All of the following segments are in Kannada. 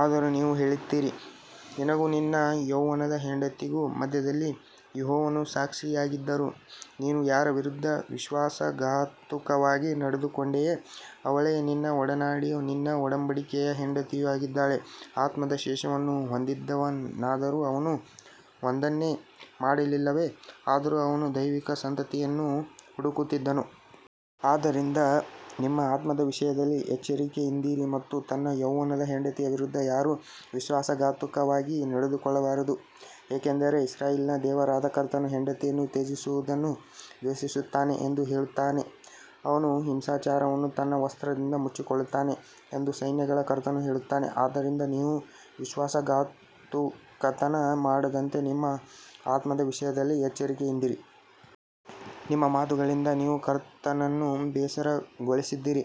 ಆದರೂ ನೀವು ಹೇಳುತ್ತೀರಿ, ನಿನಗೂ ನಿನ್ನ ಯೌವನದ ಹೆಂಡತಿಗೂ ಮಧ್ಯದಲ್ಲಿ ಯೆಹೋವನು ಸಾಕ್ಷಿಯಾಗಿದ್ದರೂ, ನೀನು ಯಾರ ವಿರುದ್ಧ ವಿಶ್ವಾಸಘಾತುಕವಾಗಿ ನಡೆದುಕೊಂಡೆಯೋ ಅವಳೇ ನಿನ್ನ ಒಡನಾಡಿಯೂ ನಿನ್ನ ಒಡಂಬಡಿಕೆಯ ಹೆಂಡತಿಯೂ ಆಗಿದ್ದಾಳೆ. ಆತ್ಮದ ಶೇಷವನ್ನು ಹೊಂದಿದ್ದವನಾದರೂ, ಅವನು ಒಂದನ್ನೇ ಮಾಡಲಿಲ್ಲವೇ? ಆದರೂ ಅವನು ದೈವಿಕ ಸಂತತಿಯನ್ನು ಹುಡುಕುತ್ತಿದ್ದನು. ಆದ್ದರಿಂದ ನಿಮ್ಮ ಆತ್ಮದ ವಿಷಯದಲ್ಲಿ ಎಚ್ಚರಿಕೆಯಿಂದಿರಿ ಮತ್ತು ತನ್ನ ಯೌವನದ ಹೆಂಡತಿಯ ವಿರುದ್ಧ ಯಾರೂ ವಿಶ್ವಾಸಘಾತುಕವಾಗಿ ನಡೆದುಕೊಳ್ಳಬಾರದು. ಯಾಕಂದರೆ ಇಸ್ರಾಯೇಲಿನ ದೇವರಾದ ಕರ್ತನು ಹೆಂಡತಿಯನ್ನು ತ್ಯಜಿಸುವುದನ್ನು ದ್ವೇಷಿಸುತ್ತಾನೆ ಎಂದು ಹೇಳುತ್ತಾನೆ. ಅವನು ಹಿಂಸಾಚಾರವನ್ನು ತನ್ನ ವಸ್ತ್ರದಿಂದ ಮುಚ್ಚಿಕೊಳ್ಳುತ್ತಾನೆ ಎಂದು ಸೈನ್ಯಗಳ ಕರ್ತನು ಹೇಳುತ್ತಾನೆ. ಆದ್ದರಿಂದ ನೀವು ವಿಶ್ವಾಸಘಾತುಕತನ ಮಾಡದಂತೆ ನಿಮ್ಮ ಆತ್ಮದ ವಿಷಯದಲ್ಲಿ ಎಚ್ಚರಿಕೆಯಿಂದಿರಿ. ನಿಮ್ಮ ಮಾತುಗಳಿಂದ ನೀವು ಕರ್ತನನ್ನು ಬೇಸರಗೊಳಿಸಿದ್ದೀರಿ.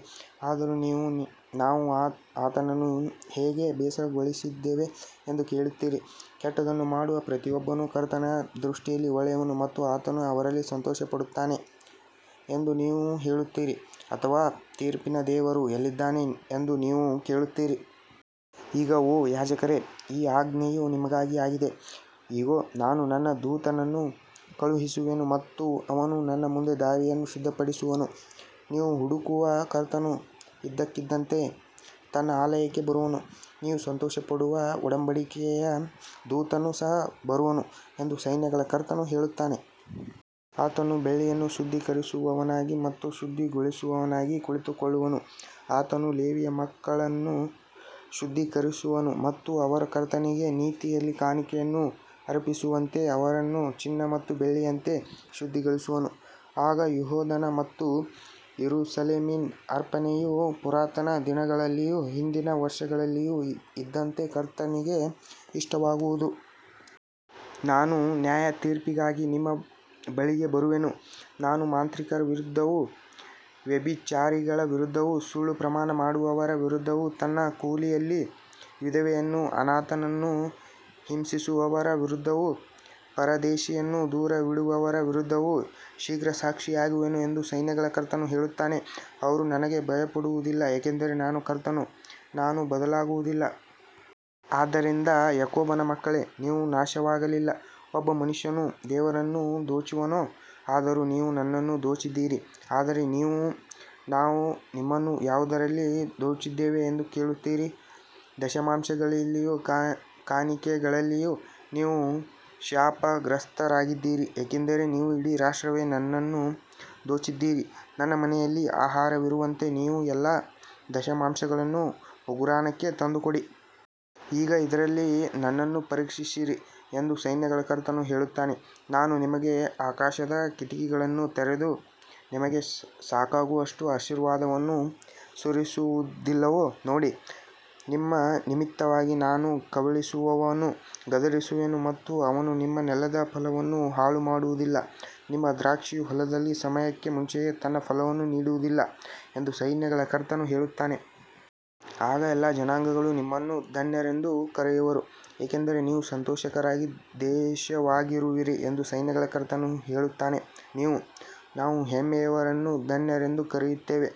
ಆದರೂ ನೀವು, ನಾವು ಆತನನ್ನು ಹೇಗೆ ಬೇಸರಗೊಳಿಸಿದ್ದೇವೆ ಎಂದು ಕೇಳುತ್ತೀರಿ. ಕೆಟ್ಟದ್ದನ್ನು ಮಾಡುವ ಪ್ರತಿಯೊಬ್ಬನೂ ಕರ್ತನ ದೃಷ್ಟಿಯಲ್ಲಿ ಒಳ್ಳೆಯವನು ಮತ್ತು ಆತನು ಅವರಲ್ಲಿ ಸಂತೋಷಪಡುತ್ತಾನೆ ಎಂದು ನೀವು ಹೇಳುತ್ತೀರಿ. ಅಥವಾ, ತೀರ್ಪಿನ ದೇವರು ಎಲ್ಲಿದ್ದಾನೆ ಎಂದು ನೀವು ಕೇಳುತ್ತೀರಿ. ಈಗ ಓ ಯಾಜಕರೇ, ಈ ಆಜ್ಞೆಯು ನಿಮಗಾಗಿ ಆಗಿದೆ. ಇಗೋ, ನಾನು ನನ್ನ ದೂತನನ್ನು ಕಳುಹಿಸುವೆನು ಮತ್ತು ಅವನು ನನ್ನ ಮುಂದೆ ದಾರಿಯನ್ನು ಸಿದ್ಧಪಡಿಸುವನು. ನೀವು ಹುಡುಕುವ ಕರ್ತನು ಇದ್ದಕ್ಕಿದ್ದಂತೆ ತನ್ನ ಆಲಯಕ್ಕೆ ಬರುವನು. ನೀವು ಸಂತೋಷಪಡುವ ಒಡಂಬಡಿಕೆಯ ದೂತನು ಸಹ ಬರುವನು ಎಂದು ಸೈನ್ಯಗಳ ಕರ್ತನು ಹೇಳುತ್ತಾನೆ. ಆತನು ಬೆಳ್ಳಿಯನ್ನು ಶುದ್ಧೀಕರಿಸುವವನಾಗಿ ಮತ್ತು ಶುದ್ಧಿಗೊಳಿಸುವವನಾಗಿ ಕುಳಿತುಕೊಳ್ಳುವನು. ಆತನು ಲೇವಿಯ ಮಕ್ಕಳನ್ನು ಶುದ್ಧೀಕರಿಸುವನು ಮತ್ತು ಅವರು ಕರ್ತನಿಗೆ ನೀತಿಯಲ್ಲಿ ಕಾಣಿಕೆಯನ್ನು ಅರ್ಪಿಸುವಂತೆ ಅವರನ್ನು ಚಿನ್ನ ಮತ್ತು ಬೆಳ್ಳಿಯಂತೆ ಶುದ್ಧಿಗೊಳಿಸುವನು. ಆಗ ಯೆಹೂದದ ಮತ್ತು ಯೆರೂಸಲೇಮಿನ ಅರ್ಪಣೆಯು ಪುರಾತನ ದಿನಗಳಲ್ಲಿಯೂ ಹಿಂದಿನ ವರ್ಷಗಳಲ್ಲಿಯೂ ಇದ್ದಂತೆ ಕರ್ತನಿಗೆ ಇಷ್ಟವಾಗುವುದು. ನಾನು ನ್ಯಾಯತೀರ್ಪಿಗಾಗಿ ನಿಮ್ಮ ಬಳಿಗೆ ಬರುವೆನು. ನಾನು ಮಾಂತ್ರಿಕರ ವಿರುದ್ಧವೂ ವ್ಯಭಿಚಾರಿಗಳ ವಿರುದ್ಧವೂ ಸುಳ್ಳು ಪ್ರಮಾಣ ಮಾಡುವವರ ವಿರುದ್ಧವೂ ತನ್ನ ಕೂಲಿಯಲ್ಲಿ ವಿಧವೆಯನ್ನೂ ಅನಾಥನನ್ನೂ ಹಿಂಸಿಸುವವರ ವಿರುದ್ಧವೂ ಪರದೇಶಿಯನ್ನು ದೂರವಿಡುವವರ ವಿರುದ್ಧವೂ ಶೀಘ್ರ ಸಾಕ್ಷಿಯಾಗುವೆನು ಎಂದು ಸೈನ್ಯಗಳ ಕರ್ತನು ಹೇಳುತ್ತಾನೆ. ಅವರು ನನಗೆ ಭಯಪಡುವುದಿಲ್ಲ. ಯಾಕಂದರೆ ನಾನು ಕರ್ತನು, ನಾನು ಬದಲಾಗುವುದಿಲ್ಲ. ಆದ್ದರಿಂದ ಯಾಕೋಬನ ಮಕ್ಕಳೇ, ನೀವು ನಾಶವಾಗಲಿಲ್ಲ. ಒಬ್ಬ ಮನುಷ್ಯನು ದೇವರನ್ನು ದೋಚುವನೋ? ಆದರೂ ನೀವು ನನ್ನನ್ನು ದೋಚಿದ್ದೀರಿ. ಆದರೆ ನೀವು, ನಾವು ನಿಮ್ಮನ್ನು ಯಾವುದರಲ್ಲಿ ದೋಚಿದ್ದೇವೆ ಎಂದು ಕೇಳುತ್ತೀರಿ. ದಶಮಾಂಶಗಳಲ್ಲಿಯೂ ಕಾಣಿಕೆಗಳಲ್ಲಿಯೂ. ನೀವು ಶಾಪಗ್ರಸ್ತರಾಗಿದ್ದೀರಿ, ಏಕೆಂದರೆ ನೀವು ಇಡೀ ರಾಷ್ಟ್ರವೇ ನನ್ನನ್ನು ದೋಚಿದ್ದೀರಿ. ನನ್ನ ಮನೆಯಲ್ಲಿ ಆಹಾರವಿರುವಂತೆ ನೀವು ಎಲ್ಲಾ ದಶಮಾಂಶಗಳನ್ನು ಉಗ್ರಾಣಕ್ಕೆ ತಂದುಕೊಡಿ. ಈಗ ಇದರಲ್ಲಿ ನನ್ನನ್ನು ಪರೀಕ್ಷಿಸಿರಿ ಎಂದು ಸೈನ್ಯಗಳ ಕರ್ತನು ಹೇಳುತ್ತಾನೆ. ನಾನು ನಿಮಗೆ ಆಕಾಶದ ಕಿಟಕಿಗಳನ್ನು ತೆರೆದು, ನಿಮಗೆ ಸಾಕಾಗುವಷ್ಟು ಆಶೀರ್ವಾದವನ್ನು ಸುರಿಸುವುದಿಲ್ಲವೋ ನೋಡಿ. ನಿಮ್ಮ ನಿಮಿತ್ತವಾಗಿ ನಾನು ಕಬಳಿಸುವವನನ್ನು ಗದರಿಸುವೆನು ಮತ್ತು ಅವನು ನಿಮ್ಮ ನೆಲದ ಫಲವನ್ನು ಹಾಳುಮಾಡುವುದಿಲ್ಲ. ನಿಮ್ಮ ದ್ರಾಕ್ಷಿಯು ಹೊಲದಲ್ಲಿ ಸಮಯಕ್ಕೆ ಮುಂಚೆಯೇ ತನ್ನ ಫಲವನ್ನು ಬಿಡುವುದಿಲ್ಲ ಎಂದು ಸೈನ್ಯಗಳ ಕರ್ತನು ಹೇಳುತ್ತಾನೆ. ಆಗ ಎಲ್ಲಾ ಜನಾಂಗಗಳು ನಿಮ್ಮನ್ನು ಧನ್ಯರೆಂದು ಕರೆಯುವರು, ಏಕೆಂದರೆ ನೀವು ಸಂತೋಷಕರವಾದ ದೇಶವಾಗಿರುವಿರಿ ಎಂದು ಸೈನ್ಯಗಳ ಕರ್ತನು ಹೇಳುತ್ತಾನೆ. ನೀವು, ನಾವು ಹೆಮ್ಮೆಯವರನ್ನು ಧನ್ಯರೆಂದು ಕರೆಯುತ್ತೇವೆ,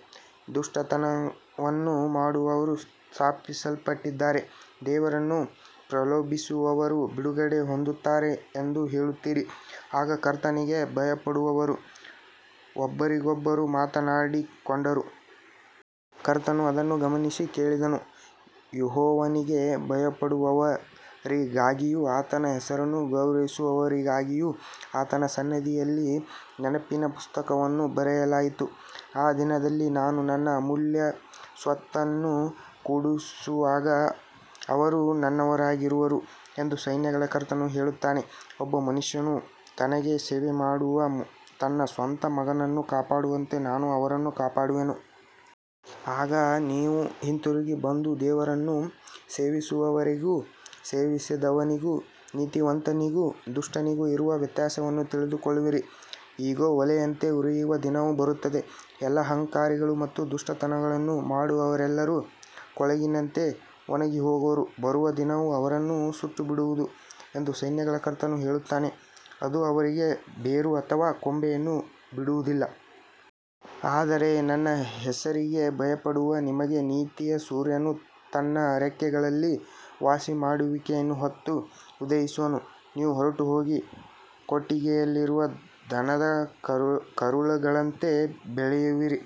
ದುಷ್ಟತನವನ್ನು ಮಾಡುವವರು ಸ್ಥಾಪಿಸಲ್ಪಟ್ಟಿದ್ದಾರೆ, ದೇವರನ್ನು ಪ್ರಲೋಭಿಸುವವರೂ ಬಿಡುಗಡೆ ಹೊಂದುತ್ತಾರೆ ಎಂದು ಹೇಳುತ್ತೀರಿ. ಆಗ ಕರ್ತನಿಗೆ ಭಯಪಡುವವರು ಒಬ್ಬರಿಗೊಬ್ಬರು ಮಾತನಾಡಿಕೊಂಡರು. ಕರ್ತನು ಅದನ್ನು ಗಮನಿಸಿ ಕೇಳಿದನು. ಯೆಹೋವನಿಗೆ ಭಯಪಡುವವರಿಗಾಗಿಯೂ ಆತನ ಹೆಸರನ್ನು ಗೌರವಿಸುವವರಿಗಾಗಿಯೂ ಆತನ ಸನ್ನಿಧಿಯಲ್ಲಿ ನೆನಪಿನ ಪುಸ್ತಕವನ್ನು ಬರೆಯಲಾಯಿತು. ಆ ದಿನದಲ್ಲಿ ನಾನು ನನ್ನ ಅಮೂಲ್ಯ ಸ್ವತ್ತನ್ನು ಕೂಡಿಸುವಾಗ ಅವರು ನನ್ನವರಾಗಿರುವರು ಎಂದು ಸೈನ್ಯಗಳ ಕರ್ತನು ಹೇಳುತ್ತಾನೆ. ಒಬ್ಬ ಮನುಷ್ಯನು ತನಗೆ ಸೇವೆಮಾಡುವ ತನ್ನ ಸ್ವಂತ ಮಗನನ್ನು ಕಾಪಾಡುವಂತೆ ನಾನು ಅವರನ್ನು ಕಾಪಾಡುವೆನು. ಆಗ ನೀವು ಹಿಂತಿರುಗಿ ಬಂದು ದೇವರನ್ನು ಸೇವಿಸುವವನಿಗೂ ಸೇವಿಸದವನಿಗೂ, ನೀತಿವಂತನಿಗೂ ದುಷ್ಟನಿಗೂ ಇರುವ ವ್ಯತ್ಯಾಸವನ್ನು ತಿಳಿದುಕೊಳ್ಳುವಿರಿ. ಇಗೋ, ಒಲೆಯಂತೆ ಉರಿಯುವ ದಿನವು ಬರುತ್ತದೆ. ಎಲ್ಲಾ ಅಹಂಕಾರಿಗಳೂ ಮತ್ತು ದುಷ್ಟತನವನ್ನು ಮಾಡುವವರೆಲ್ಲರೂ ಕೊಳಲಿನಂತೆ ಒಣಗಿಹೋಗುವರು. ಬರುವ ದಿನವು ಅವರನ್ನು ಸುಟ್ಟುಬಿಡುವುದು ಎಂದು ಸೈನ್ಯಗಳ ಕರ್ತನು ಹೇಳುತ್ತಾನೆ. ಅದು ಅವರಿಗೆ ಬೇರು ಅಥವಾ ಕೊಂಬೆಯನ್ನು ಬಿಡುವುದಿಲ್ಲ. ಆದರೆ ನನ್ನ ಹೆಸರಿಗೆ ಭಯಪಡುವ ನಿಮಗೆ ನೀತಿಯ ಸೂರ್ಯನು ತನ್ನ ರೆಕ್ಕೆಗಳಲ್ಲಿ ವಾಸಿಮಾಡುವಿಕೆಯನ್ನು ಹೊತ್ತು ಉದಯಿಸುವನು. ನೀವು ಹೊರಟು ಹೋಗಿ ಕೊಟ್ಟಿಗೆಯಲ್ಲಿರುವ ದನದ ಕರುಗಳಂತೆ ಬೆಳೆಯುವಿರಿ.